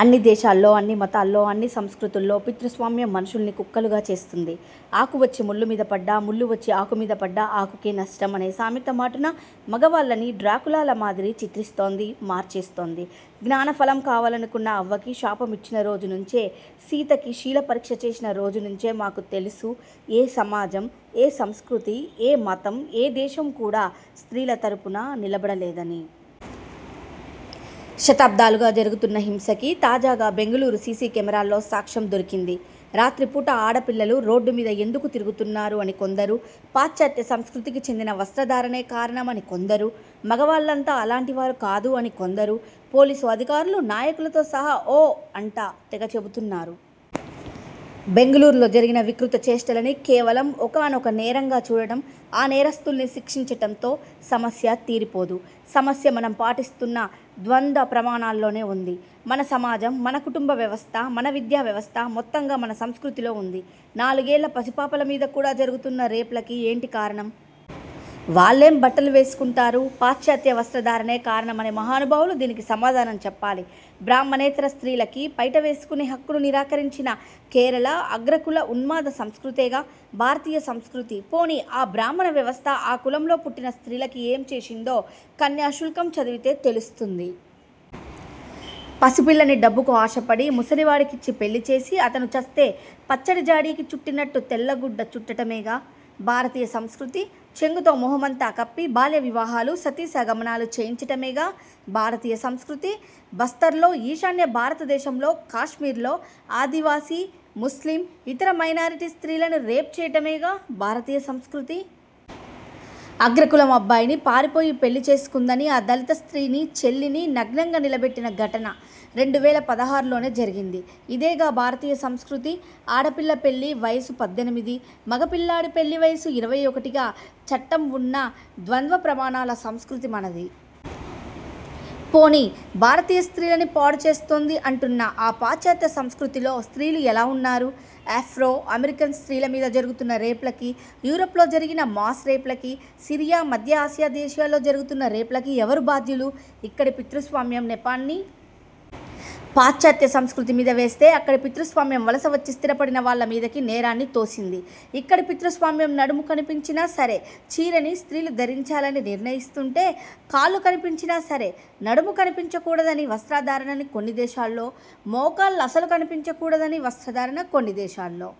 అన్నీ దేశాల్లో, అన్నీ మతాల్లో, అన్నీ సంస్కృతుల్లో పితృస్వామ్యం మనుషుల్ని కుక్కలుగా చేస్తుంది. ఆకు వచ్చి ముల్లు మీద పడ్డా, ముల్లు వచ్చి ఆకు మీద పడ్డా ఆకుకే నష్టం' అనే సామెత మాటున మగవాళ్ళని డ్రాకులాల మాదిరి చిత్రిస్తోంది. మార్చేస్తోంది. 'జ్ఞానఫలం' కావాలనుకున్న అవ్వకి శాపం ఇచ్చిన రోజు నుంచే సీతకి శీల పరీక్ష చేసిన రోజు నుంచే మాకు తెలుసు ఏ సమాజం, ఏ సంస్కృతి, ఏ మతం, ఏ దేశం కూడా స్త్రీల తరపున నిలబడలేదని. శతాబ్దాలుగా జరుగుతున్న హింసకి, తాజాగా బెంగుళూరు సీసీ కెమెరాల్లో సాక్ష్యం దొరికింది. 'రాత్రి పూట ఆడపిల్లలు రోడ్డు మీద ఎందుకు తిరుగుతున్నారు? ' అని కొందరు, 'పాశ్చాత్య సంస్కృతికి చెందిన వస్త్రధారణే కారణం' అని కొందరు, 'మగవాళ్ళంతా అలాంటి వారు కాదు' అని కొందరు.. పోలీసు అధికారులు, నాయకులతో సహా 'ఓ' అంటా తెగ చెబుతున్నారు. బెంగుళూరులో జరిగిన వికృత చేష్టలని కేవలం 'ఒకానొక నేరం'గా చూడడం, ఆ నేరస్థుల్ని శిక్షించటంతో.. సమస్య తీరిపోదు. సమస్య మనం పాటిస్తున్న ద్వంద్వ ప్రమాణాల్లో ఉంది. మన సమాజం, మన కుటుంబ వ్యవస్థ, మన విద్యా వ్యవస్థ.. మొత్తంగా మన 'సంస్కృతి'లో ఉంది. నాలుగేళ్ల పసిపాపల మీద కూడా జరుగుతున్న రేప్లకి ఏంటి కారణం? వాళ్లేం బట్టలు వేసుకుంటారు? పాశ్చాత్య వస్త్ర ధారణే కారణం అనే మహానుభావులు దీనికి సమాధానం చెప్పాలి. బ్రాహ్మణేతర స్త్రీలకి పైట వేసుకునే హక్కును నిరాకరించిన కేరళ అగ్రకుల ఉన్మాద సంస్కృతేగా.. భారతీయ సంస్కృతి. పోనీ ఆ బ్రాహ్మణ వ్యవస్థ ఆ కులంలో పుట్టిన స్త్రీలకి ఏం చేసిందో 'కన్యాశుల్కం' చదివితే, తెలుస్తుంది. పసిపిల్లని డబ్బుకు ఆశపడి, ముసలి వాడికిచ్చి పెళ్లిచేసి, అతను చస్తే.. పచ్చడి జాడికి చుట్టినట్టు తెల్ల గుడ్డ చుట్టటమేగా.. భారతీయ సంస్కృతి. చెంగుతో మొహమంతా కప్పి.. బాల్యవివాహాలు, సతీ సహగమనాలు చేయించటమేగా.. భారతీయ సంస్కృతి. బస్తర్లో, ఈశాన్య భారతదేశంలో, కాశ్మీర్లో.. ఆదివాసీ, ముస్లిం, ఇతర మైనారిటీ స్త్రీలని రేప్ చేయటమేగా భారతీయ సంస్కృతి. అగ్రకులం అబ్బాయిని పారిపోయి పెళ్లి చేసుకుందని, ఆ దళిత స్త్రీ ని చెల్లిని నగ్నంగా నిలబెట్టిన ఘటన.. రెండు వేల పదహారులోనే జరిగింది. ఇదేగా భారతీయ సంస్కృతి. ఆడపిల్ల పెళ్లి వయసు పద్దెనిమిది, మగపిల్లాడి పెళ్లి వయసు ఇరవై ఒకటిగా చట్టం ఉన్న ద్వంద్వ ప్రమాణాల సంస్కృతి మనది. పోనీ భారతీయ స్త్రీలని పాడు చేస్తోంది అంటున్న.. ఆ పాశ్చాత్య సంస్కృతిలో స్త్రీలు ఎలా ఉన్నారు? ఆఫ్రో- అమెరికన్ స్త్రీల మీద జరుగుతున్న రేప్లకి, యూరప్లో జరిగిన మాస్ రేప్లకి, సిరియా, మధ్య ఆసియా దేశాల్లో జరుగుతున్న రేప్లకి ఎవరు బాధ్యులు? 'ఇక్కడి' పితృస్వామ్యం నెపాన్ని.. పాశ్చాత్య సంస్కృతి మీద వేస్తే, 'అక్కడి' పితృస్వామ్యం వలసవచ్చి స్థిరపడిన వాళ్ళ మీదకి నేరాన్ని తోసింది. ఇక్కడి పితృస్వామ్యం నడుము కనిపించినా సరే, చీరని స్త్రీలు ధరించాలని నిర్ణయిస్తుంటే.. కాళ్ళు కనిపించినా సరే, నడుము కనిపించకూడని వస్త్రధారణని కొన్ని దేశాల్లో, మోకాళ్ళ్ అసలు కనిపించకూడని వస్త్రధారణ కొన్ని దేశాల్లో..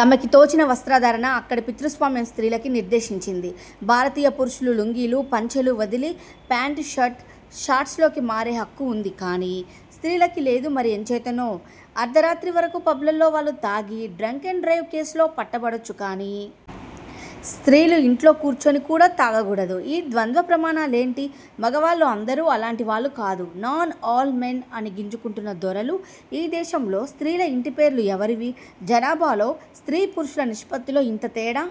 తమకి తోచిన వస్త్రధారణ అక్కడి పితృస్వామ్యం స్త్రీలకి నిర్దేశించింది. భారతీయ పురుషులు లుంగీలు, పంచెలు వదిలి.. ఫాంట్, షర్ట్లు, షార్ట్స్లోకి మారే హక్కు ఉంది కానీ.. స్త్రీలకి లేదు మరి ఎంచేతనో? అర్ధరాత్రి వరకు పబ్లలో వాళ్ళు తాగి, డ్రంక్ అండ్ డ్రైవ్ కేస్లో పట్టుబడొచ్చు కానీ.. స్త్రీలు ఇంట్లో కూర్చొని కూడా తాగకూడదు. ఈ ద్వంద్వ ప్రమాణాలేంటి? మగవాళ్ళు అందరూ అలాంటి వాళ్ళు కాదు, 'నాట్ అల్ మెన్' అని గింజుకుంటున్న దొరలూ.. ఈ దేశంలో స్త్రీల ఇంటి పేర్లు ఎవరివి? జనాభాలో స్త్రీ పురుషుల నిష్పత్తిలో ఇంత తేడా